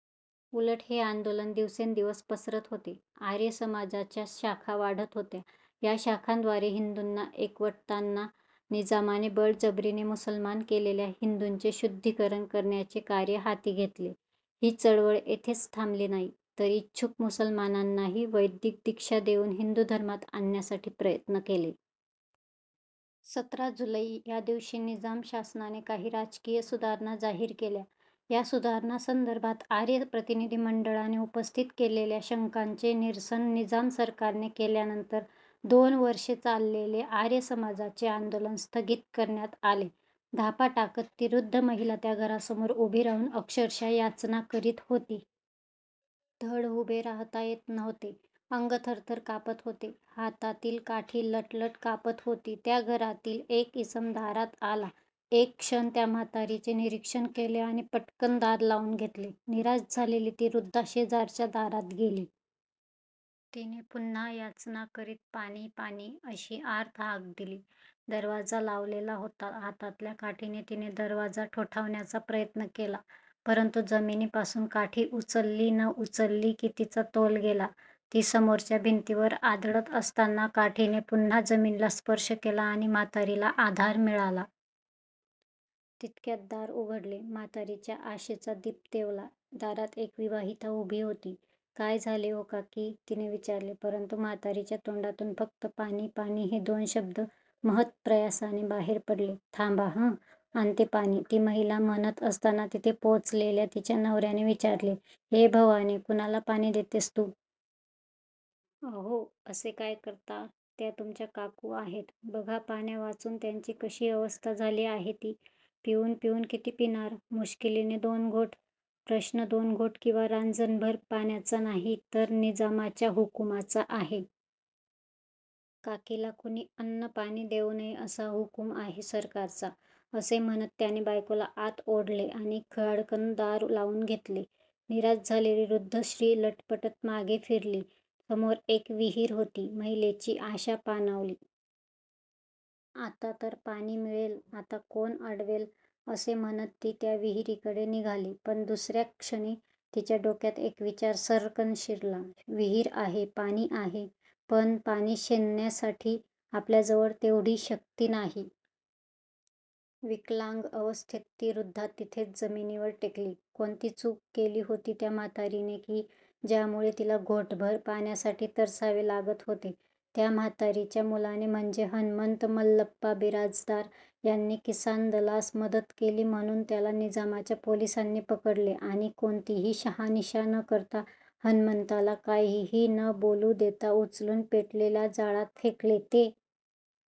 उलट हे आंदोलन दिवसेंदिवस पसरत होते. आर्य समाजाच्या शाखा वाढत होत्या. या शाखांद्वारे हिंदूंना एकवटताना निजामाने बळजबरीने मुसलमान केलेल्या हिंदूंचे शुद्धीकरण करण्याचे कार्य हाती घेतले. ही चळवळ येथेच थांबली नाही, तर इच्छुक मुसलमानांनाही वैदिक दीक्षा देऊन हिंदू धर्मात आणण्यासाठी प्रयत्न केले. सतरा जुलै यादिवशी निजाम शासनाने काही राजकीय सुधारणा जाहीर केल्या. या सुधारणासंदर्भात आर्य प्रतिनिधी मंडळाने उपस्थित केलेल्या शंकांचे निरसन निजाम सरकारने केल्यानंतर दोन वर्षे चाललेले आर्य समाजाचे आंदोलन स्थगित करण्यात आले. धापा टाकत ती वृद्ध महिला त्या घरासमोर उभी राहून अक्षरशः याचना करीत होती. धड उभे राहता येत नव्हते. अंग थरथर कापत होते. हातातील काठी लटलट कापत होती. त्या घरातील एक इसम दारात आला. एक क्षण त्या म्हातारीचे निरीक्षण केले आणि पटकन दार लावून घेतले. निराश झालेली ती वृद्धा शेजारच्या दारात गेली. तिने पुन्हा याचना करीत पाणी पाणी, अशी आर्त हाक दिली. दरवाजा लावलेला होता. हातातल्या काठीने तिने दरवाजा ठोठावण्याचा प्रयत्न केला, परंतु जमिनीपासून काठी उचलली न उचलली की तिचा तोल गेला. ती समोरच्या भिंतीवर आदळत असताना काठीने पुन्हा जमिनीला स्पर्श केला आणि म्हातारीला आधार मिळाला. तितक्यात दार उघडले. म्हातारीच्या आशेचा दीप तेवला. दारात एक विवाहिता उभी होती. काय झाले हो काकी? तिने विचारले, परंतु म्हातारीच्या तोंडातून फक्त पाणी पाणी हे दोन शब्द महत्प्रयासाने बाहेर पडले. थांबा हं. आणते पाणी, ती महिला म्हणत असताना तिथे पोहोचलेल्या तिच्या नवऱ्याने विचारले, ए भवाने, कुणाला पाणी देतेस तू? अहो, असे काय करता? त्या तुमच्या काकू आहेत. बघा पाण्यावाचून त्यांची कशी अवस्था झाली आहे ती. पिऊन पिऊन किती पिणार? मुश्किलीने दोन घोट. प्रश्न दोन घोट किंवा रांजणभर पाण्याचा नाही, तर निजामाच्या हुकुमाचा आहे. काकीला कुणी अन्न, पाणी देऊ नये असा हुकूम आहे सरकारचा, असे म्हणत त्याने बायकोला आत ओढले आणि खाडकन दार लावून घेतले. निराश झालेली वृद्ध स्त्री लटपटत मागे फिरली. समोर एक विहीर होती. महिलेची आशा पाणवली. आता तर पाणी मिळेल. आता कोण अडवेल? असे म्हणत ती त्या विहिरीकडे निघाली, पण दुसऱ्या क्षणी तिच्या डोक्यात एक विचार सर्रकन शिरला, विहीर आहे. पाणी आहे, पण पाणी शेंदण्यासाठी आपल्याजवळ तेवढी शक्ती नाही. विकलांग अवस्थेत ती वृद्धा तिथेच जमिनीवर टेकली. कोणती चूक केली होती त्या म्हातारीने की, ज्यामुळे तिला घोटभर पाण्यासाठी तरसावे लागत होते? त्या म्हातारीच्या मुलाने म्हणजे हणमंत मल्लप्पा बिराजदार यांनी किसानदलास मदत केली म्हणून त्याला निजामाच्या पोलिसांनी पकडले आणि कोणतीही शहानिशा न करता, हणमंताला काहीही न बोलू देता उचलून पेटलेल्या जाळात फेकले. ते